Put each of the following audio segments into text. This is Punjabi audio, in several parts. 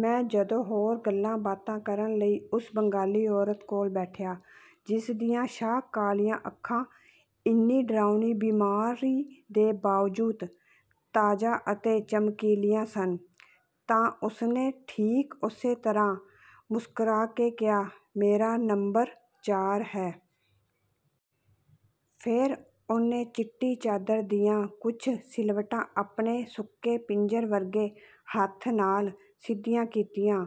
ਮੈਂ ਜਦੋਂ ਹੋਰ ਗੱਲਾਂ-ਬਾਤਾਂ ਕਰਨ ਲਈ ਉਸ ਬੰਗਾਲੀ ਔਰਤ ਕੋਲ ਬੈਠਿਆ, ਜਿਸ ਦੀਆਂ ਸ਼ਾਹ-ਕਾਲੀਆਂ ਅੱਖਾਂ, ਇੰਨੀ ਡਰਾਉਣੀ ਬੀਮਾਰੀ ਦੇ ਬਾਵਜੂਦ ਤਾਜ਼ਾ ਅਤੇ ਚਮਕੀਲੀਆਂ ਸਨ, ਤਾਂ ਉਸਨੇ ਠੀਕ ਉਸੇ ਤਰ੍ਹਾਂ ਮੁਸਕਰਾ ਕੇ ਕਿਹਾ, “ਮੇਰਾ ਨੰਬਰ ਚਾਰ ਹੈ।” ਫੇਰ ਉਹਨੇ ਚਿੱਟੀ ਚਾਦਰ ਦੀਆਂ ਕੁਝ ਸਿਲਵਟਾਂ ਆਪਣੇ ਸੁੱਕੇ ਪਿੰਜਰ ਵਰਗੇ ਹੱਥ ਨਾਲ ਸਿੱਧੀਆਂ ਕੀਤੀਆਂ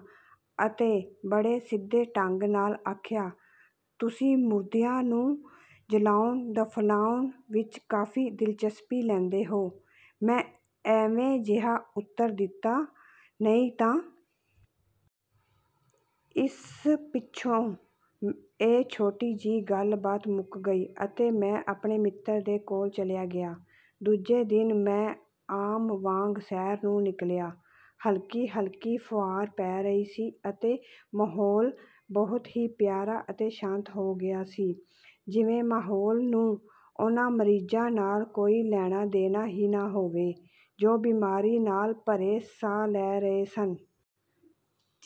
ਅਤੇ ਬੜੇ ਸਿੱਧੇ ਢੰਗ ਨਾਲ ਆਖਿਆ, “ਤੁਸੀਂ ਮੁਰਦਿਆਂ ਨੂੰ ਜਲਾਉਣ-ਦਫ਼ਨਾਉਣ ਵਿੱਚ ਕਾਫ਼ੀ ਦਿਲਚਸਪੀ ਲੈਂਦੇ ਹੋ।” ਮੈਂ ਐਵੇਂ-ਜਿਹਾ ਉੱਤਰ ਦਿੱਤਾ, “ਨਹੀਂ ਤਾਂ।” ਇਸ ਪਿੱਛੋਂ ਇਹ ਛੋਟੀ ਜਿਹੀ ਗੱਲ-ਬਾਤ ਮੁੱਕ ਗਈ ਅਤੇ ਮੈਂ ਆਪਣੇ ਮਿੱਤਰ ਦੇ ਕੋਲ ਚਲਿਆ ਗਿਆ। ਦੂਜੇ ਦਿਨ ਮੈਂ ਆਮ ਵਾਂਗ ਸੈਰ ਨੂੰ ਨਿਕਲਿਆ। ਹਲਕੀ-ਹਲਕੀ ਫ਼ੁਹਾਰ ਪੈ ਰਹੀ ਸੀ ਅਤੇ ਮਾਹੌਲ ਬਹੁਤ ਹੀ ਪਿਆਰਾ ਅਤੇ ਸ਼ਾਂਤ ਹੋ ਗਿਆ ਸੀ, ਜਿਵੇਂ ਮਾਹੌਲ ਨੂੰ ਉਹਨਾਂ ਮਰੀਜ਼ਾਂ ਨਾਲ ਕੋਈ ਲੈਣਾ-ਦੇਣਾ ਹੀ ਨਾ ਹੋਵੇ, ਜੋ ਬੀਮਾਰੀ ਨਾਲ ਭਰੇ ਸਾਹ ਲੈ ਰਹੇ ਸਨ।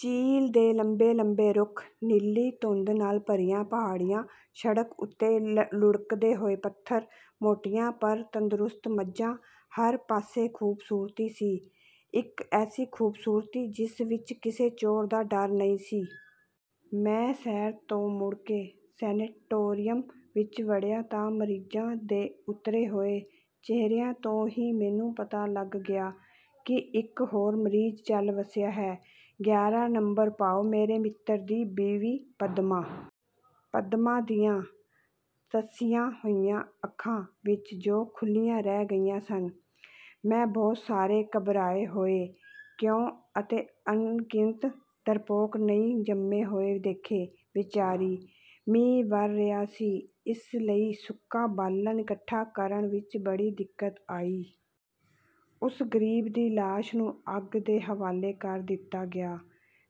ਚੀਲ੍ਹ ਦੇ ਲੰਬੇ-ਲੰਬੇ ਰੁੱਖ, ਨੀਲੀ ਧੁੰਦ ਨਾਲ ਭਰੀਆਂ ਪਹਾੜੀਆਂ, ਸੜਕ ਉੱਤੇ ਲੁੜਕਦੇ ਹੋਏ ਪੱਥਰ, ਮੋਟੀਆਂ ਪਰ ਤੰਦਰੁਸਤ ਮੱਝਾਂ, ਹਰ ਪਾਸੇ ਖ਼ੂਬਸੂਰਤੀ ਸੀ। ਇੱਕ ਐਸੀ ਖ਼ੂਬਸੂਰਤੀ, ਜਿਸ ਵਿੱਚ ਕਿਸੇ ਚੋਰ ਦਾ ਡਰ ਨਹੀਂ ਸੀ। ਮੈਂ ਸੈਰ ਤੋਂ ਮੁੜ ਕੇ ਸੈਨੇਟੋਰੀਅਮ ਵਿੱਚ ਵੜਿਆ ਤਾਂ ਮਰੀਜ਼ਾਂ ਦੇ ਉੱਤਰੇ ਹੋਏ ਚਿਹਰਿਆਂ ਤੋਂ ਹੀ ਮੈਨੂੰ ਪਤਾ ਲੱਗ ਗਿਆ ਕਿ ਇੱਕ ਹੋਰ ਮਰੀਜ਼ ਚੱਲ ਵੱਸਿਆ ਹੈ। ਗਿਆਰਾਂ ਨੰਬਰ, ਭਾਵ ਮੇਰੇ ਮਿੱਤਰ ਦੀ ਬੀਵੀ ਪਦਮਾ। ਪਦਮਾ ਦੀਆਂ ਧਸੀਆਂ ਹੋਈਆਂ ਅੱਖਾਂ ਵਿੱਚ, ਜੋ ਖੁੱਲ੍ਹੀਆਂ ਰਹਿ ਗਈਆਂ ਸਨ, ਮੈਂ ਬਹੁਤ ਸਾਰੇ ਘਬਰਾਏ ਹੋਏ ‘ਕਿਉਂ’ ਅਤੇ ਅਣਗਿਣਤ ਡਰਪੋਕ ‘ਨਹੀਂ’ ਜੰਮੇ ਹੋਏ ਦੇਖੇ। ਵਿਚਾਰੀ! ਮੀਂਹ ਵਰ੍ਹ ਰਿਹਾ ਸੀ, ਇਸ ਲਈ ਸੁੱਕਾ ਬਾਲਣ ਇਕੱਠਾ ਕਰਨ ਵਿੱਚ ਬੜੀ ਦਿੱਕਤ ਆਈ। ਉਸ ਗਰੀਬ ਦੀ ਲਾਸ਼ ਨੂੰ ਅੱਗ ਦੇ ਹਵਾਲੇ ਕਰ ਦਿੱਤਾ ਗਿਆ।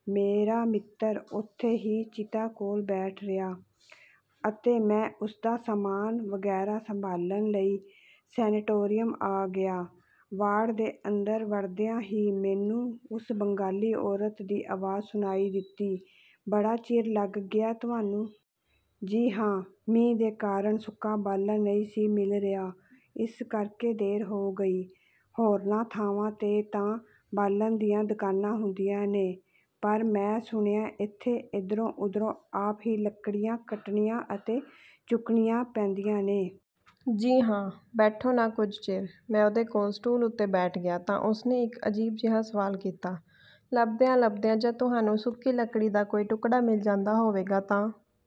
ਮੇਰਾ ਮਿੱਤਰ ਓਥੇ ਹੀ ਚਿਤਾ ਕੋਲ ਬੈਠਾ ਰਿਹਾ ਅਤੇ ਮੈਂ ਉਸਦਾ ਸਾਮਾਨ ਵਗੈਰਾ ਸੰਭਾਲਣ ਲਈ ਸੈਨੇਟੋਰੀਅਮ ਆ ਗਿਆ। ਵਾਰਡ ਦੇ ਅੰਦਰ ਵੜਦਿਆਂ ਹੀ ਮੈਨੂੰ ਉਸ ਬੰਗਾਲੀ ਔਰਤ ਦੀ ਆਵਾਜ਼ ਸੁਣਾਈ ਦਿੱਤੀ, “ਬੜਾ ਚਿਰ ਲੱਗ ਗਿਆ ਤੁਹਾਨੂੰ।” “ਜੀ ਹਾਂ। ਮੀਂਹ ਦੇ ਕਾਰਨ ਸੁੱਕਾ ਬਾਲਣ ਨਹੀਂ ਸੀ ਮਿਲ ਰਿਹਾ, ਇਸ ਕਰਕੇ ਦੇਰ ਹੋ ਗਈ।” “ਹੋਰਨਾਂ ਥਾਵਾਂ ’ਤੇ ਤਾਂ ਬਾਲਣ ਦੀਆਂ ਦੁਕਾਨਾਂ ਹੁੰਦੀਆਂ ਨੇ, ਪਰ ਮੈਂ ਸੁਣਿਐਂ ਏਥੇ ਏਧਰੋਂ-ਓਧਰੋਂ ਆਪ ਹੀ ਲੱਕੜੀਆਂ ਕੱਟਣੀਆਂ ਅਤੇ ਚੁਗਣੀਆਂ ਪੈਂਦੀਆਂ ਨੇ।” “ਜੀ ਹਾਂ।” “ਬੈਠੋ ਨਾ, ਕੁਝ ਚਿਰ।” ਮੈਂ ਉਹਦੇ ਕੋਲ ਸਟੂਲ ਉੱਤੇ ਬੈਠ ਗਿਆ ਤਾਂ ਉਸਨੇ ਇੱਕ ਅਜੀਬ ਜਿਹਾ ਸਵਾਲ ਕੀਤਾ, “ਲੱਭਦਿਆਂ-ਲੱਭਦਿਆਂ ਜਦ ਤੁਹਾਨੂੰ ਸੁੱਕੀ ਲੱਕੜੀ ਦਾ ਕੋਈ ਟੁਕੜਾ ਮਿਲ ਜਾਂਦਾ ਹੋਵੇਗਾ ਤਾਂ